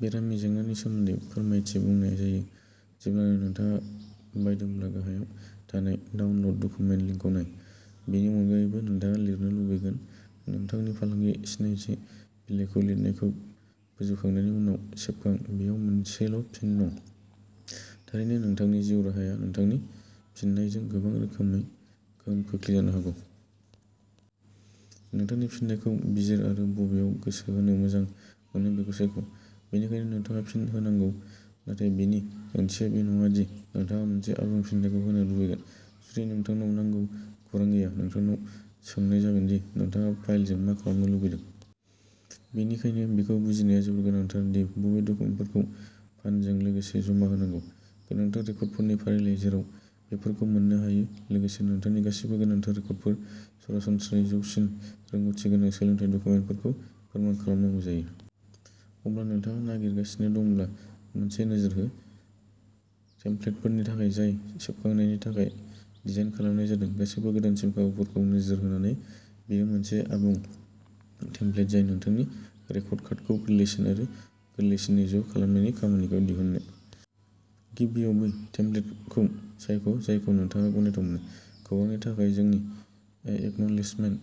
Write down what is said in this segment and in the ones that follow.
बेरामि जेंनानि सोमोन्दै फोरमायथि बुंनाय जायो। जेब्लानो नोंथाङा बायदोंब्ला गाहायाव थानाय डाउनल'ड डकुमेन्ट लिंकखौ नाय। बेनि अनगायैबो नोंथाङा लिरनो लुबैगोन। नोंथांनि फालांगि सिनायथि बिलाइखौ लिरनायखौ फोजोबखांनायनि उनाव सेबखां। बेयाव मोनसेल' फिन दं। थारैनो, नोंथांनि जिउ राहाया नोंथांनि फिननायजों गोबां रोखोमै गोहोम खोख्लैजानो हागौ। नोंथांनि फिननायखौ बिजिर आरो बबेयाव गोसो होनो मोजां मोनो बेखौ सायख'। बेनिखायनो नोंथाङा फिन होनांगौ, नाथाय बेनि ओंथिया बे नङा दि नोंथाङा मोनसे आबुं फिननायखौ होनो लुबैगोन जुदि नोंथांनाव नांगौ खौरां गैया। नोंथांनाव सोंनाय जागोन दि नोंथाङा फाइलजों मा खालामनो लुबैदों। बेनिखायनो, बेखौ बुजिनाया जोबोद गोनांथार दि बबे डकुमेन्टफोरखौ पानजों लोगोसे जमा होनांगौ। गोनांथार रेकर्डफोरनि फारिलाइ जेराव बेफोरखौ मोननो हायो लोगोसे नोंथांनि गासिबो गोनांथार रेकर्डफोर। सरासनस्रायै जौसिन रोंग'थि गोनां सोलोंथाय डकुमेन्टखौ फोरमान खालामनांगौ जायो। अब्ला नोंथाङा नागिरगासिनो दंब्ला मोनसे नोजोर हो। टेम्प्लेटफोरनि थाखाय जाय सेबखांनायनि थाखाय डिजाइन खालामनाय जादों। गासैबो गोदानसिन खाबुफोरखौ नोजोर होनानै बेयो मोनसे आबुं टेमप्लेट जाय नोंथांनि रेकर्ड कार्डखौ गोरलैसिन आरो गोरलैसिनै ज' खालामनायनि खामानिखौ दिहुनो। गिबियाव बै टेमप्लेटखौ सायख' जायखौ नोंथाङा गनायथाव मोनो। खौरांनि थाखाय, जोंनि एकनलेजमेन्ट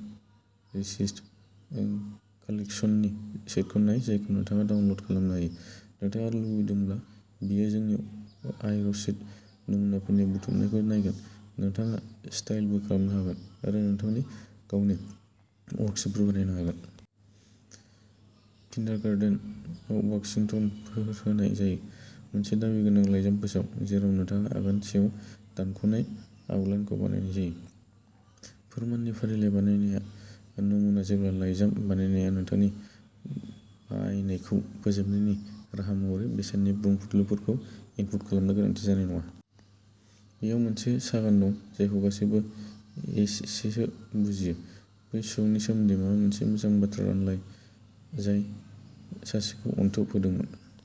रिसिप्ट कालेक्शन्सनि सेटखौ नाय जायखौ नोंथाङा डाउनल'ड खालामनो हायो। नोंथाङा लुबैदोंब्ला, बेयो जोंनि आय रसिद नमुनाफोरनि बुथुमनायखौ नायगोन। नोंथाङा स्टाइलबो खालामनो हागोन आरो नोंथांनि गावनि वर्कशिटफोर बानायनो हागोन। किन्डारगार्टेन वर्कशिटफोर होनाय जायो। मोनसे दाबि गोनां लाइजाम फोसाव, जेराव नोंथाङा आगान सेयाव दानख'नाय आउटलाइनखौ बाहायनाय जायो। फोरमाननि फारिलाइ बाहायनाय नमुना जेब्ला लाइजाम बायनाया नोंथांनि बायनायखौ फोजोबनायनि राहा महरै बेसेननि बुंफ्रुदलुफोरखौ इनपुट खालामनो गोनांथि जानाय नङा। बेयाव मोनसे सागान दं, जायखौ गासैबो एसेसो बुजियो। बै सुबुंनि सोमोन्दै माबा मोनसे मोजां बाथ्रा रानलाय, जाय सासेखौ अनथोब होदोंमोन।